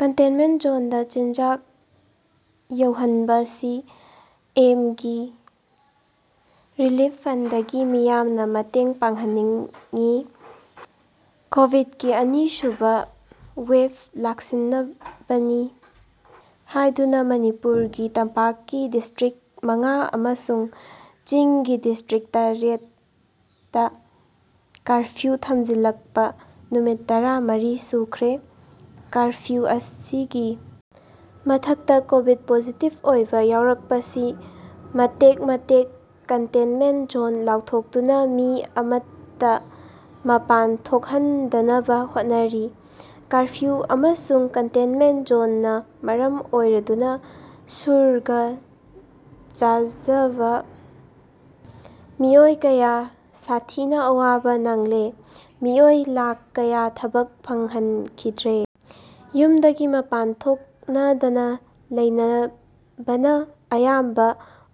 Contentment ꯖꯣꯟꯗ ꯆꯤꯟꯖꯥꯛ ꯌꯧꯍꯟꯕ ꯁꯤ ꯑꯦꯝꯒꯤ ꯔꯤꯂꯤꯐ ꯐꯟꯗꯒꯤ ꯃꯤꯌꯥꯝꯅ ꯃꯇꯦꯡ ꯄꯥꯡꯍꯟꯅꯤꯡꯏ ꯀꯣꯚꯤꯗꯀꯤ ꯑꯅꯤꯁꯨꯕ ꯋꯦꯚ ꯂꯥꯛꯁꯤꯟꯅꯕꯅꯤ ꯍꯥꯏꯗꯨꯅ ꯃꯅꯤꯄꯨꯔꯒꯤ ꯇꯝꯄꯥꯛꯀꯤ ꯗꯤꯁꯇ꯭ꯔꯤꯛꯠ ꯃꯉꯥ ꯑꯃꯁꯨꯡ ꯆꯤꯡꯒꯤ ꯗꯤꯁꯇ꯭ꯔꯤꯛꯠ ꯇꯥꯔꯦꯠ ꯇꯥ ꯀꯔꯐ꯭ꯌꯨ ꯊꯝꯖꯤꯜꯂꯛꯄ ꯅꯨꯃꯤꯠ ꯇꯔꯥ ꯃꯔꯤ ꯁꯨꯈ꯭ꯔꯦ꯫ ꯀꯔꯐ꯭ꯌꯨ ꯑꯁꯤꯒꯤ ꯃꯊꯛꯇ ꯀꯣꯚꯤꯗ ꯄꯣꯖꯤꯇꯤꯚ ꯑꯣꯏꯕ ꯌꯥꯎꯔꯛꯄꯁꯤ ꯃꯇꯦꯛ ꯃꯇꯦꯛ ꯀꯟꯇꯦꯟꯃꯦꯟꯠ ꯖꯣꯟ ꯂꯥꯎꯊꯣꯛꯇꯨꯅ ꯃꯤ ꯑꯃꯠꯇ ꯃꯄꯥꯟ ꯊꯣꯛꯍꯟꯗꯅꯕ ꯍꯣꯠꯅꯔꯤ꯫ ꯀꯔꯐ꯭ꯌꯨ ꯑꯃꯁꯨꯡ ꯀꯟꯇꯦꯟꯃꯦꯟꯠ ꯖꯣꯟꯅ ꯃꯔꯝ ꯑꯣꯏꯔꯗꯨꯅ ꯁꯨꯔꯒ ꯆꯥꯖꯕ ꯃꯤꯑꯣꯏ ꯀꯌꯥ ꯁꯥꯊꯤꯅ ꯑꯋꯥꯕ ꯅꯡꯂꯦ, ꯃꯤꯑꯣꯏ ꯂꯥꯈ ꯀꯌꯥ ꯊꯕꯛ ꯐꯪꯍꯟꯈꯤꯗ꯭ꯔꯦ꯫ ꯌꯨꯝꯗꯒꯤ ꯃꯄꯥꯟ ꯊꯣꯛꯅꯗꯅ ꯂꯩꯅꯕꯅ ꯑꯌꯥꯝꯕ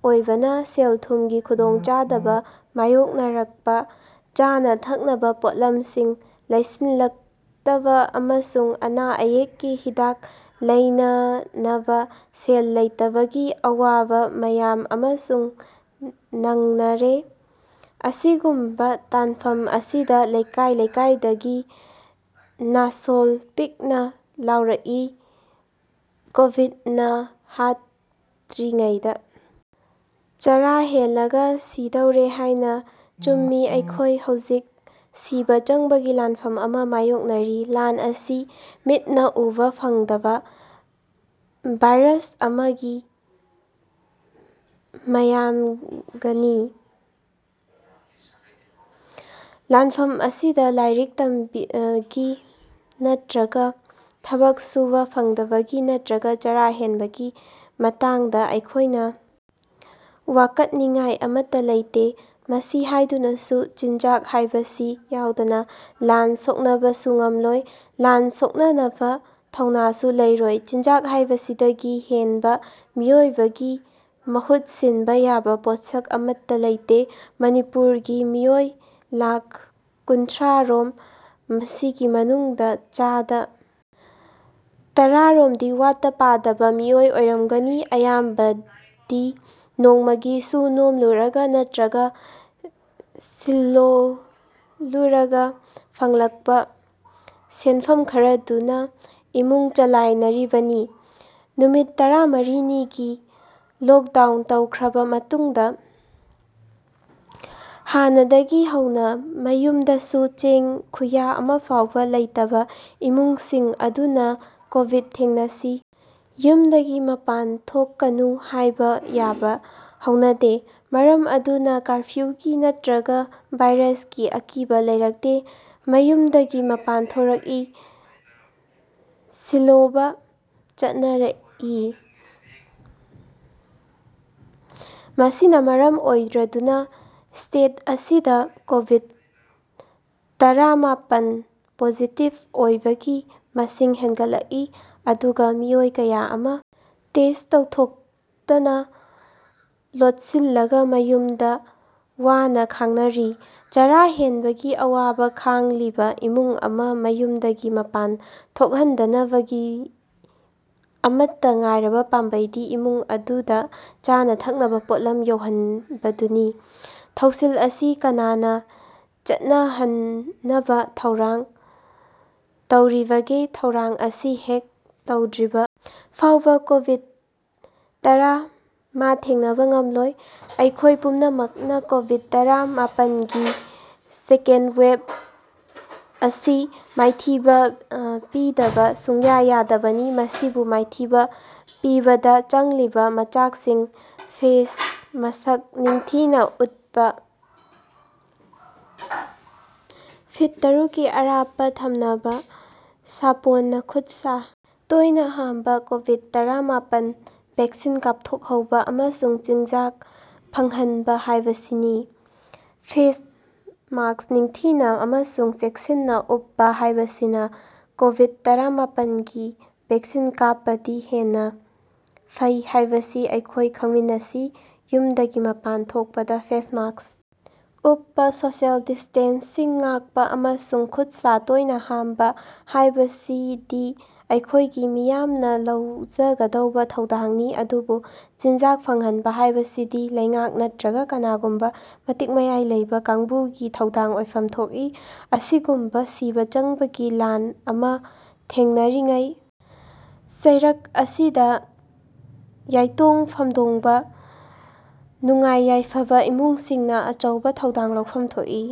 ꯑꯣꯏꯕꯅ ꯁꯦꯜ-ꯊꯨꯝꯒꯤ ꯈꯨꯗꯣꯡꯆꯥꯗꯕ ꯃꯥꯌꯣꯛꯅꯔꯛꯄ, ꯆꯥꯅ-ꯊꯛꯅꯕ ꯄꯣꯠꯂꯝꯁꯤꯡ ꯂꯩꯁꯤꯜꯂꯛꯇꯕ ꯑꯃꯁꯨꯡ ꯑꯅꯥ ꯑꯌꯦꯛꯀꯤ ꯍꯤꯗꯥꯛ ꯂꯩꯅꯅꯕ ꯁꯦꯜ ꯂꯩꯇꯕꯒꯤ ꯑꯋꯥꯕ ꯃꯌꯥꯝ ꯑꯃꯁꯨꯡ ꯅꯡꯅꯔꯦ꯫ ꯑꯁꯤꯒꯨꯝꯕ ꯇꯥꯟꯐꯝ ꯑꯁꯤꯗ ꯂꯩꯀꯥꯏ ꯂꯩꯀꯥꯏꯗꯒꯤ ꯅꯥꯁꯣꯜ ꯄꯤꯛꯅ ꯂꯥꯎꯔꯛꯏ, ꯀꯣꯚꯤꯗꯅ ꯍꯥꯠꯇ꯭ꯔꯤꯉꯩꯗ ꯆꯥꯔꯥ ꯍꯦꯜꯂꯒ ꯁꯤꯗꯧꯔꯦ ꯍꯥꯏꯅ, ꯆꯨꯝꯃꯤ ꯑꯩꯈꯣꯏ ꯍꯧꯖꯤꯛ ꯁꯤꯕ ꯆꯪꯕꯒꯤ ꯂꯥꯟꯐꯝ ꯑꯃ ꯃꯥꯌꯣꯛꯅꯔꯤ꯫ ꯂꯥꯟ ꯑꯁꯤ ꯃꯤꯠꯅ ꯎꯕ ꯐꯪꯗꯕ ꯚꯥꯏꯔꯁ ꯑꯃꯒ ꯃꯌꯥꯝꯒꯅꯤ, ꯂꯥꯟꯐꯝ ꯑꯃꯗ ꯂꯥꯏꯔꯤꯛ ꯇꯝꯕꯒꯤ ꯅꯠꯇ꯭ꯔꯒ ꯊꯕꯛ ꯁꯨꯕ ꯐꯪꯗꯕꯒꯤ ꯅꯠꯇ꯭ꯔꯒ ꯆꯥꯔꯥ ꯍꯦꯟꯕꯒꯤ ꯃꯇꯥꯡꯗ ꯑꯩꯈꯣꯏꯅ ꯋꯥꯀꯠꯅꯤꯉꯥꯏ ꯑꯃꯠꯇ ꯂꯩꯇꯦ꯫ ꯃꯁꯤ ꯍꯥꯏꯗꯨꯅꯁꯨ ꯆꯤꯟꯖꯥꯛ ꯍꯥꯏꯕꯁꯤ ꯌꯥꯎꯗꯅ ꯂꯥꯟ ꯁꯣꯛꯅꯕꯁꯨ ꯉꯝꯂꯣꯏ, ꯂꯥꯟ ꯁꯣꯛꯅꯅꯕ ꯊꯧꯅꯥꯁꯨ ꯂꯩꯔꯣꯏ꯫ ꯆꯤꯟꯖꯥꯛ ꯍꯥꯏꯕꯁꯤꯗꯒꯤ ꯍꯦꯟꯕ ꯃꯤꯑꯣꯏꯕꯒꯤ ꯃꯍꯨꯠ ꯁꯤꯟꯕ ꯌꯥꯕ ꯄꯣꯠꯁꯛ ꯑꯃꯠꯇ ꯂꯩꯇꯦ꯫ ꯃꯅꯤꯄꯨꯔꯒꯤ ꯃꯤꯑꯣꯏ ꯂꯥꯈ ꯀꯨꯟꯊꯔꯥ ꯔꯣꯝ ꯑꯁꯤꯒꯤ ꯃꯅꯨꯡꯗ ꯆꯥꯗ ꯇꯔꯥ ꯔꯣꯝꯗꯤ ꯋꯥꯠꯇ-ꯄꯥꯗꯕ ꯃꯤ ꯑꯣꯏꯔꯝꯒꯅꯤ꯫ ꯑꯌꯥꯝꯕꯗꯤ ꯅꯣꯡꯃꯒꯤ ꯁꯨ-ꯅꯣꯝꯂꯨꯔꯒ ꯅꯠꯇ꯭ꯔꯒ ꯁꯤꯜꯂꯣꯂꯨꯔꯒ ꯐꯪꯂꯛꯄ ꯁꯦꯟꯐꯝ ꯈꯔꯗꯨꯅ ꯏꯃꯨꯡ ꯆꯂꯥꯏꯅꯔꯤꯕꯅꯤ꯫ ꯅꯨꯃꯤꯠ ꯇꯔꯥ ꯃꯔꯤ ꯅꯤ ꯂꯣꯛꯗꯥꯎ ꯇꯧꯈ꯭ꯔꯕ ꯇꯨꯡꯗ ꯍꯥꯟꯅꯗꯒꯤ ꯍꯧꯅ ꯃꯌꯨꯝꯗꯁꯨ ꯆꯦꯡ ꯈꯨꯌꯥ ꯑꯃꯐꯥꯎꯕ ꯂꯩꯇꯕ ꯏꯃꯨꯡꯁꯤꯡ ꯑꯗꯨꯅ ꯀꯣꯚꯤꯗ ꯊꯦꯡꯅꯁꯤ, ꯌꯨꯝꯗꯒꯤ ꯃꯄꯥꯟ ꯊꯣꯔꯛꯀꯅꯨ ꯍꯥꯏꯕ ꯌꯥꯕ ꯍꯧꯅꯗꯦ꯫ ꯃꯔꯝ ꯑꯗꯨꯅ ꯀꯔꯐ꯭ꯌꯨꯒꯤ ꯅꯠꯇ꯭ꯔꯒ ꯚꯥꯏꯔꯁꯀꯤ ꯑꯀꯤꯕ ꯂꯩꯔꯛꯇꯦ꯫ ꯃꯌꯨꯝꯗꯒꯤ ꯃꯄꯥꯟ ꯊꯣꯔꯛꯏ, ꯁꯤꯜꯂꯣꯕ ꯆꯠꯅꯔꯛꯏ꯫ ꯃꯁꯤꯅ ꯃꯔꯝ ꯑꯣꯏꯔꯗꯨꯅ ꯁ꯭ꯇꯦꯠ ꯑꯁꯤꯗ ꯀꯣꯚꯤꯗ-ꯇꯔꯥ ꯃꯥꯄꯟ ꯄꯣꯖꯤꯇꯤꯚ ꯑꯣꯏꯕꯒꯤ ꯃꯁꯤꯡ ꯍꯦꯟꯒꯠꯂꯛꯏ, ꯑꯗꯨꯒ ꯃꯤꯑꯣꯏ ꯀꯌꯥ ꯑꯃꯅ ꯇꯦꯁꯠ ꯇꯧꯊꯣꯛꯇꯅ ꯂꯣꯠꯁꯤꯜꯂꯒ ꯃꯌꯨꯝꯗ ꯋꯅꯥ ꯈꯥꯡꯅꯔꯤ꯫ ꯆꯥꯔꯥ ꯍꯦꯟꯕꯒꯤ ꯑꯋꯥꯕ ꯈꯥꯡꯂꯤꯕ ꯏꯃꯨꯡ ꯑꯃ ꯌꯨꯝꯗꯒꯤ ꯃꯄꯥꯟ ꯊꯣꯛꯍꯟꯗꯅꯕꯒꯤ ꯑꯃꯠꯇ ꯉꯥꯏꯔꯕ ꯄꯥꯝꯕꯩꯗꯤ ꯏꯃꯨꯡ ꯑꯗꯨꯗ ꯆꯥꯅ-ꯊꯛꯅꯕ ꯄꯣꯠꯂꯝ ꯌꯧꯍꯟꯕꯗꯨꯅꯤ꯫ ꯊꯧꯁꯤꯜ ꯑꯁꯤ ꯀꯅꯥꯅꯥ ꯆꯠꯅꯍꯟꯅꯕ ꯊꯧꯔꯥꯡ ꯇꯧꯔꯤꯕꯒꯦ, ꯊꯧꯔꯥꯡ ꯑꯁꯤ ꯍꯦꯛ ꯇꯧꯗ꯭ꯔꯤꯕ ꯐꯥꯎꯕ ꯀꯣꯚꯤꯗ-ꯇꯔꯥ ꯃꯥ ꯊꯦꯡꯅꯕ ꯉꯝꯂꯣꯏ꯫ ꯑꯩꯈꯣꯏ ꯄꯨꯝꯅꯃꯛꯅ ꯀꯣꯚꯤꯗ ꯇꯔꯥ ꯃꯥꯄꯟꯒꯤ ꯁꯦꯀꯦꯟꯗ ꯋꯦꯚ ꯑꯁꯤ ꯃꯥꯏꯊꯤꯕ ꯄꯤꯗꯕ ꯁꯨꯡꯌꯥ ꯌꯥꯗꯕꯅꯤ꯫ ꯃꯁꯤꯕꯨ ꯃꯥꯏꯊꯤꯕ ꯄꯤꯕꯗ ꯆꯪꯂꯤꯕ ꯃꯆꯥꯛꯁꯤꯡ ꯐꯦꯁ ꯃꯥꯁꯛ ꯅꯤꯡꯊꯤꯅ ꯎꯞꯄ, ꯐꯤꯠ ꯇꯔꯨꯛ ꯀꯤ ꯑꯔꯥꯞꯄ ꯊꯝꯅꯕ, ꯁꯥꯄꯣꯟꯅ ꯈꯨꯠ-ꯁꯥ ꯇꯣꯏꯅ ꯍꯥꯝꯕ, ꯀꯣꯚꯤꯗ-ꯇꯔꯥ ꯃꯥꯄꯟ ꯚꯦꯛꯁꯤꯟ ꯀꯥꯞꯊꯣꯛꯍꯧꯕ ꯑꯃꯁꯨꯡ ꯆꯤꯟꯖꯥꯛ ꯐꯪꯍꯟꯕ ꯍꯥꯏꯕꯁꯤꯅꯤ꯫ ꯐꯦꯁ ꯃꯥꯁꯛ ꯅꯤꯡꯊꯤꯅ ꯑꯃꯁꯨꯡ ꯆꯦꯛꯁꯤꯟꯅ ꯎꯞꯄ ꯍꯥꯏꯕꯁꯤꯅ ꯀꯣꯚꯤꯗ ꯇꯔꯥ ꯃꯥꯄꯟ ꯒꯤ ꯚꯦꯛꯁꯤꯟ ꯀꯥꯞꯄꯗꯤ ꯍꯦꯟꯅ ꯐꯩ ꯍꯥꯏꯕꯁꯤ ꯑꯩꯈꯣꯏ ꯈꯪꯃꯤꯟꯅꯁꯤ꯫ ꯌꯨꯝꯗꯒꯤ ꯃꯄꯥꯟ ꯊꯣꯛꯄꯗ ꯐꯦꯁ ꯃꯥꯁꯛ ꯎꯞꯄ, ꯁꯣꯁꯤꯌꯦꯜ ꯗꯤꯁ꯭ꯇꯦꯟꯁꯤꯡ ꯉꯥꯛꯄ ꯑꯃꯁꯨꯡ ꯈꯨꯠ-ꯁꯥ ꯇꯣꯏꯅ ꯍꯥꯝꯕ ꯍꯥꯏꯕꯁꯤꯗꯤ ꯑꯩꯈꯣꯏꯒꯤ ꯃꯤꯌꯥꯝꯅ ꯂꯧꯖꯒꯗꯕ ꯊꯧꯗꯥꯡꯅꯤ ꯑꯗꯨꯕꯨ ꯆꯤꯟꯖꯥꯛ ꯐꯪꯍꯟꯕ ꯍꯥꯏꯕꯁꯤꯗꯤ ꯂꯩꯉꯥꯛ ꯅꯠꯇ꯭ꯔꯒ ꯀꯅꯥꯒꯨꯝꯕ ꯃꯇꯤꯛ ꯃꯌꯥꯏ ꯂꯩꯕ ꯀꯥꯡꯕꯨꯒꯤ ꯊꯧꯗꯥꯡ ꯑꯣꯏꯐꯝ ꯊꯣꯛꯏ꯫ ꯑꯁꯤꯒꯨꯝꯕ ꯁꯤꯕ ꯆꯪꯕꯒꯤ ꯂꯥꯟ ꯑꯃ ꯊꯦꯡꯅꯔꯤꯉꯩ ꯆꯩꯔꯛ ꯑꯁꯤꯗ ꯌꯥꯏꯇꯣꯡ ꯐꯝꯗꯣꯡꯕ, ꯅꯨꯡꯉꯥꯏ ꯌꯥꯏꯐꯕ ꯏꯃꯨꯡꯁꯤꯡꯅ ꯑꯆꯧꯕ ꯊꯧꯗꯥꯡ ꯂꯧꯐꯝ ꯊꯣꯛꯏ꯫